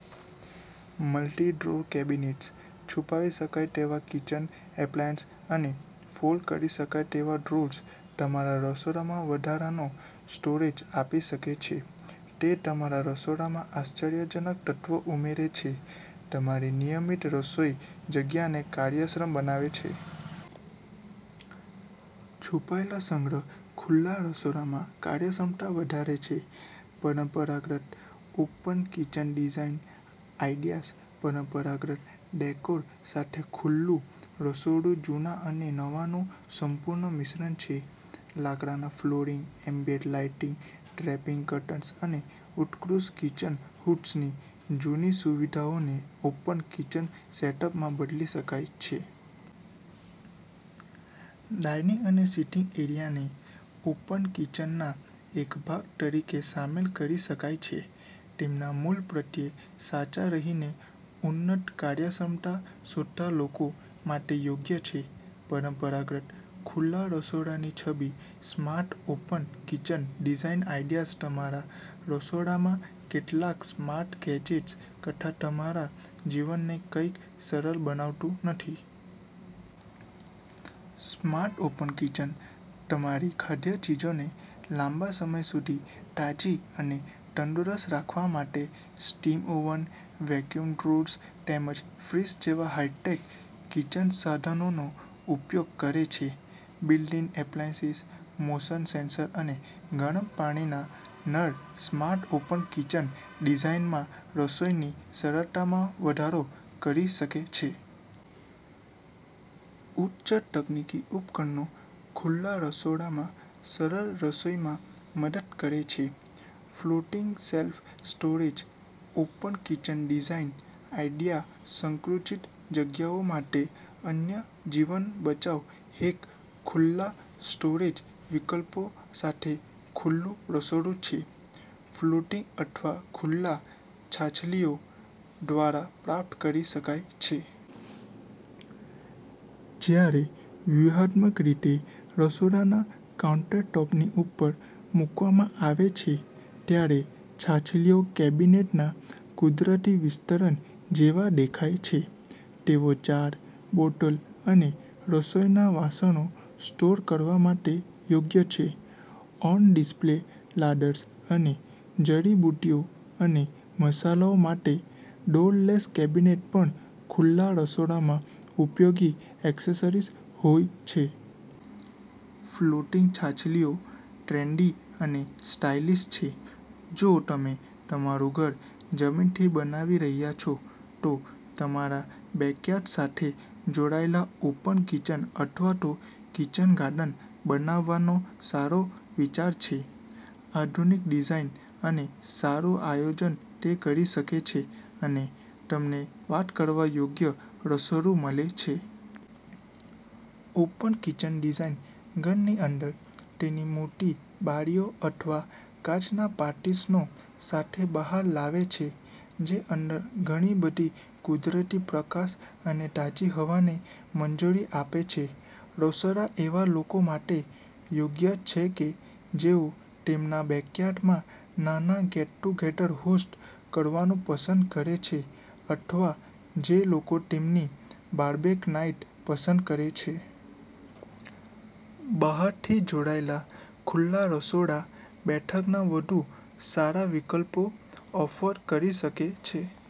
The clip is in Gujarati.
મલ્ટી-ડ્રો કેબિનેટસ, છુપાવી શકાય તેવા કિચન એપ્લાયન્સ અને ફોલ્ડ કરી શકાય તેવા ડ્રોઅર્સ તમારા રસોડામાં વધારાનો સ્ટોરેજ આપી શકે છે. તે તમારા રસોડામાં આશ્ચર્યજનક તત્વ ઉમેરે છે. તમારી નિયમિત રસોઈ જગ્યાને કાર્યક્ષમ બનાવે છે. છુપાયેલ સંગ્રહ ખુલ્લા રસોડામાં કાર્યક્ષમતા વધારે છે. પરંપરાગત ઓપન કિચન ડિઝાઇન આઇડિયાઝ પરંપરાગત ડેકોર સાથે ખુલ્લું રસોડું જૂના અને નવાનું સંપૂર્ણ મિશ્રણ છે. લાકડાના flooring, ambient lighting, draping curtains અને ઉત્કૃષ્ટ કિચન હૂડ્સની જૂની સુવિધાઓને ઓપન કિચન સેટ-અપમાં બદલી શકાય છે. ડાઇનિંગ અને સીટિંગ એરિયાને ઓપન કિચનના એક ભાગ તરીકે સામેલ કરી શકાય છે. તેમના મૂળ પ્રત્યે સાચા રહીને ઉન્નત કાર્યક્ષમતા શોધતા લોકો માટે યોગ્ય છે. પરંપરાગત ખુલ્લા રસોડાની છબી smart open kitchen design ideas તમારા રસોડામાં કેટલાક સ્માર્ટ ગેજેટ્સ કરતાં તમારા જીવનને કંઈ સરળ બનાવતું નથી. સ્માર્ટ ઓપન કિચન તમારી ખાદ્ય ચીજોને લાંબા સમય સુધી તાજી અને તંદુરસ્ત રાખવા માટે સ્ટીમ ઓવન, વેક્યુમ ડ્રોઅર્સ તેમજ ફ્રીજ જેવા હાઇ-ટેક કિચન સાધનોનો ઉપયોગ કરે છે. બિલ્ટ-ઇન એપ્લાયન્સિસ, મોશન-સેન્સર અને ગરમ પાણીના નળ સ્માર્ટ ઓપન કિચન ડિઝાઇનમાં રસોઈની સરળતામાં વધારો કરી શકે છે. ઉચ્ચ તકનીકી ઉપકરણો ખુલ્લા રસોડામાં સરળ રસોઈમાં મદદ કરે છે. Floating shelf storage open kitchen design idea સંકુચિત જગ્યાઓ માટે અન્ય જીવન-બચાવ હેક ખુલ્લા સ્ટોરેજ વિકલ્પો સાથે ખુલ્લું રસોડું છે. ફ્લોટિંગ અથવા ખુલ્લા છાછલીઓ દ્વારા પ્રાપ્ત કરી શકાય છે. જ્યારે વ્યૂહાત્મક રીતે રસોડાના કાઉંટરટૉપની ઉપર મૂકવામાં આવે છે, ત્યારે છાછલીઓ કેબિનેટના કુદરતી વિસ્તરણ જેવા દેખાય છે. તેઓ જાર, બોટલ અને રસોઈના વાસણો સ્ટોર કરવા માટે યોગ્ય છે. ઓન-ડિસ્પ્લે લાર્ડર્સ અને જડીબુટ્ટીઓ અને મસાલાઓ માટે ડોર-લેસ કેબિનેટ પણ ખુલ્લા રસોડામાં ઉપયોગી એક્સેસરીઝ હોઈ શકે છે. ફ્લોટિંગ છાછલીઓ ટ્રેન્ડી અને સ્ટાઇલિશ છે. જો તમે તમારું ઘર જમીનથી બનાવી રહ્યા છો, તો તમારા બેકયાર્ડ સાથે જોડાયેલા ઓપન કિચન અથવા તો કિચન ગાર્ડન બનાવવાનો સારો વિચાર છે. આધુનિક ડિઝાઇન અને સારું આયોજન તે કરી શકે છે, અને તમને વાત કરવા યોગ્ય રસોડું મળે છે. ઓપન કિચન ડિઝાઈન ઘરની અંદર તેની મોટી બારીઓ અથવા કાચના પાર્ટીશનો સાથે બહાર લાવે છે જે અંદર ઘણી બધી કુદરતી પ્રકાશ અને તાજી હવાને મંજૂરી આપે છે. રસોડા એવા લોકો માટે યોગ્ય છે કે જેઓ તેમના બેકયાર્ડમાં નાના ગેટ-ટુગેધર્સ હોસ્ટ કરવાનું પસંદ કરે છે અથવા જે લોકો તેમની બાર્બેક નાઇટ પસંદ કરે છે. બહારથી જોડાયેલા ખુલ્લા રસોડા બેઠકના વધુ સારા વિકલ્પો ઓફર કરી શકે છે.